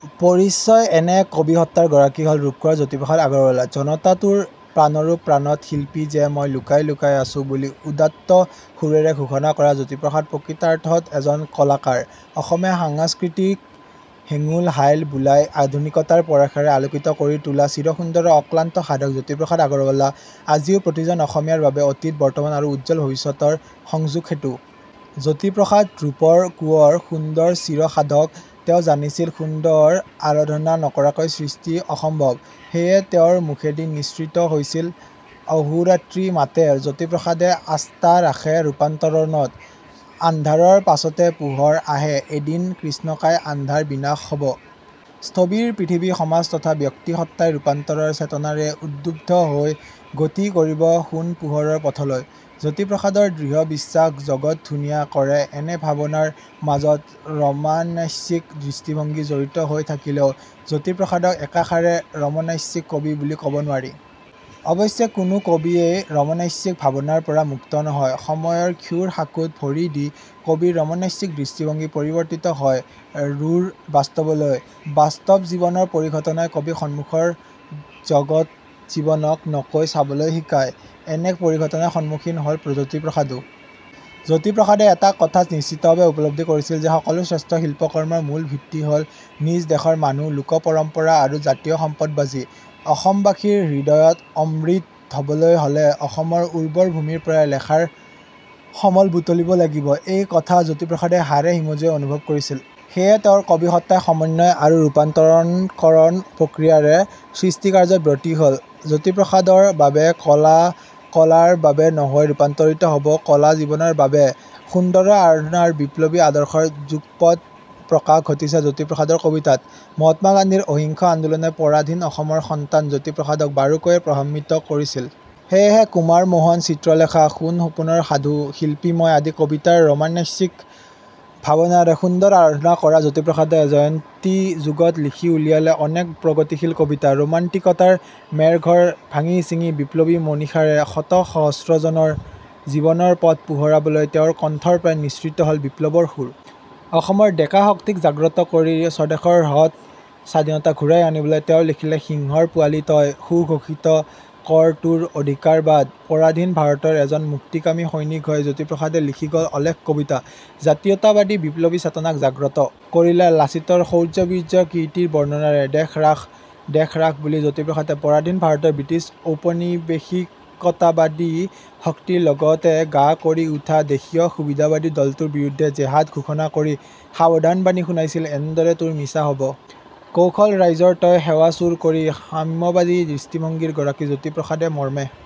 পৰিচয় এনে এক কবিসত্তাৰ গৰাকী হ'ল ৰূপকোঁৱৰ জ্যোতিপ্ৰসাদ আগৰৱালা। 'জনতা তােৰ প্ৰাণৰাে প্ৰাণত শিল্পী যে মই লুকাই লুকাই আছাে' বুলি উদাত্ত সুৰেৰে ঘােষণা কৰা জ্যোতিপ্ৰসাদ প্ৰকৃতাৰ্থত এজন কলাকাৰ। অসমীয়া সংস্কৃতিক হেঙুল-হাইল বােলাই আধুনিকতাৰ পৰশেৰে আলােকিত কৰি তােলা চিৰসুন্দৰৰ অক্লান্ত সাধক জ্যোতিপ্ৰসাদ আগৰৱালা আজিও প্ৰতিজন অসমীয়াৰ বাবে অতীত, বৰ্তমান আৰু উজ্জ্বল ভবিষ্যতৰ সংযােগ সেতু। জ্যোতিপ্ৰসাদ ৰূপৰ কোঁৱৰ, সুন্দৰ চিৰ সাধক। তেওঁ জানিছিল সুন্দৰ আৰাধনা নকৰাকৈ সৃষ্টি অসম্ভৱ। সেয়ে তেওঁৰ মুখেদি নিঃসৃত হৈছিল। অহােৰাত্ৰি মাতে, জ্যোতিপ্ৰসাদে আস্থা ৰাখে ৰূপান্তৰত। আন্ধাৰৰ পাছতে পােহৰ আহে। এদিন কৃষ্ণকায় আন্ধাৰ বিনাশ হ'ব। স্থবিৰ পৃথিৱী, সমাজ তথা ব্যক্তিসত্তাই ৰূপান্তৰৰ চেতনাৰে উদ্বুদ্ধ হৈ গতি কৰিব সােণ পােহৰৰ পথলৈ। জ্যোতিপ্ৰসাদৰ দৃঢ় বিশ্বাস- জগত ধুনীয়া কৰে এনে ভাবনাৰ মাজত ৰমন্যাসিক দৃষ্টিভংগী জড়িত হৈ থাকিলেও জ্যোতিপ্ৰসাদক একাষাৰে ৰমন্যাসিক কবি বুলি ক'ব নােৱাৰি। অৱশ্যে কোনাে কবিয়েই ৰমন্যাসিক ভাবনাৰপৰা মুক্ত নহয়। সময়ৰ ক্ষুৰ সাকোত ভৰি দি কবিৰ ৰমন্যাসিক দৃষ্টিভংগী পৰিৱৰ্তিত হয় ৰূঢ় বাস্তৱলৈ। বাস্তৱ জীৱনৰ পৰিঘটনাই কবিক সন্মুখৰ জগত-জীৱনক নকৈ চাবলৈ শিকায়। এনে পৰিঘটনাৰ সন্মুখীন হ'ল জ্যোতিপ্ৰসাদো। জ্যোতিপ্ৰসাদে এটা কথা নিশ্চিতভাৱে উপলব্ধি কৰিছিল যে সকলাে শ্ৰেষ্ঠ শিল্পকৰ্মৰ মূল ভিত্তি হ'ল নিজ দেশৰ মানুহ, লােক-পৰম্পৰা আৰু জাতীয় সম্পদবাজি। অসমবাসীৰ হৃদয়ত অ-মৃত হ'বলৈ হ'লে অসমৰ উৰ্বৰ ভূমিৰপৰাই লেখাৰ সমল বুটলিব লাগিব, এই কথা জ্যোতিপ্ৰসাদে হাড়ে-হিমজুৱে অনুভৱ কৰিছিল। সেয়ে তেওঁৰ কবিসত্তাই সমন্বয় আৰু ৰাপান্তৰণকৰণ প্ৰক্ৰিয়াৰে সৃষ্টিকাৰ্যত ব্ৰতী হ'ল। জ্যোতিপ্ৰসাদৰ বাবে কলা কলাৰ বাবে' নহৈ ৰূপান্তৰিত হ'ব কলা জীৱনৰ বাবে। সুন্দৰৰ আৰাধনা আৰু বিপ্লৱী আদৰ্শৰ যুগপৎ প্ৰকাশ ঘটিছে জ্যোতিপ্ৰসাদৰ কবিতাত। মহাত্মা গান্ধীৰ অহিংসা আন্দোলনে পৰাধীন অসমৰ সন্তান, জ্যোতিপ্ৰসাদক বাৰুকৈয়ে প্ৰভাবান্বিত কৰিছিল। সেয়েহে 'কুমাৰ মােহন', 'চিত্ৰলেখা', 'সােণ-সপােনৰ সাধু', 'শিল্পী মই' আদি কবিতাৰ ৰমন্যাসিক ভাবনাৰে সুন্দৰ আৰাধনা কৰা জ্যোতিপ্ৰসাদে জয়ন্তী যুগত লিখি উলিয়ালে অনেক প্ৰগতিশীল কবিতা। ৰােমান্টিকতাৰ মেৰঘৰ ভাঙি-ছিঙি বিপ্লৱী মনীষাৰে শত সহস্ৰজনৰ জীৱনৰ পথ পােহৰাবলৈ তেওঁৰ কণ্ঠৰপৰা নিঃসৃত হ'ল বিপ্লৱৰ সুৰ। অসমৰ ডেকা-শক্তিক জাগ্ৰত কৰি স্বদেশৰ হৃত স্বাধীনতা ঘূৰাই আনিবলৈ তেওঁ লিখিলে- "সিংহৰ পােৱালি তই। সুঘােষিত কৰ তােৰ অধিকাৰবাদ, পৰাধীন ভাৰতৰ এজন মুক্তিকামী সৈনিক হৈ জ্যোতিপ্ৰসাদে লিখি গ'ল অলেখ কবিতা। জাতীয়তাবাদী বিপ্লৱী চেতনাক জাগ্ৰত কৰিলে লাচিতৰ শৌৰ্য-বীৰ্য, কীৰ্তিৰ বৰ্ণনাৰে- দেশ ৰাখ, দেশ ৰাখ বুলি জ্যোতিপ্ৰসাদে পৰাধীন ভাৰতৰ বৃটিছ ঔপনিৱেশিকতাবাদী শক্তিৰ লগতে গা কৰি উঠা দেশীয় সুবিধাবাদী দলটোৰ বিৰুদ্ধে জেহাদ ঘােষণা কৰি সাৱধানবাণী শুনাইছিল এনেদৰে- তােৰ মিছা হ'ব কৌশল, ৰাইজৰ তই সেৱা চুৰ কৰি সাম্যবাদী দৃষ্টিভংগীৰ গৰাকী জ্যোতিপ্ৰসাদে মৰ্মে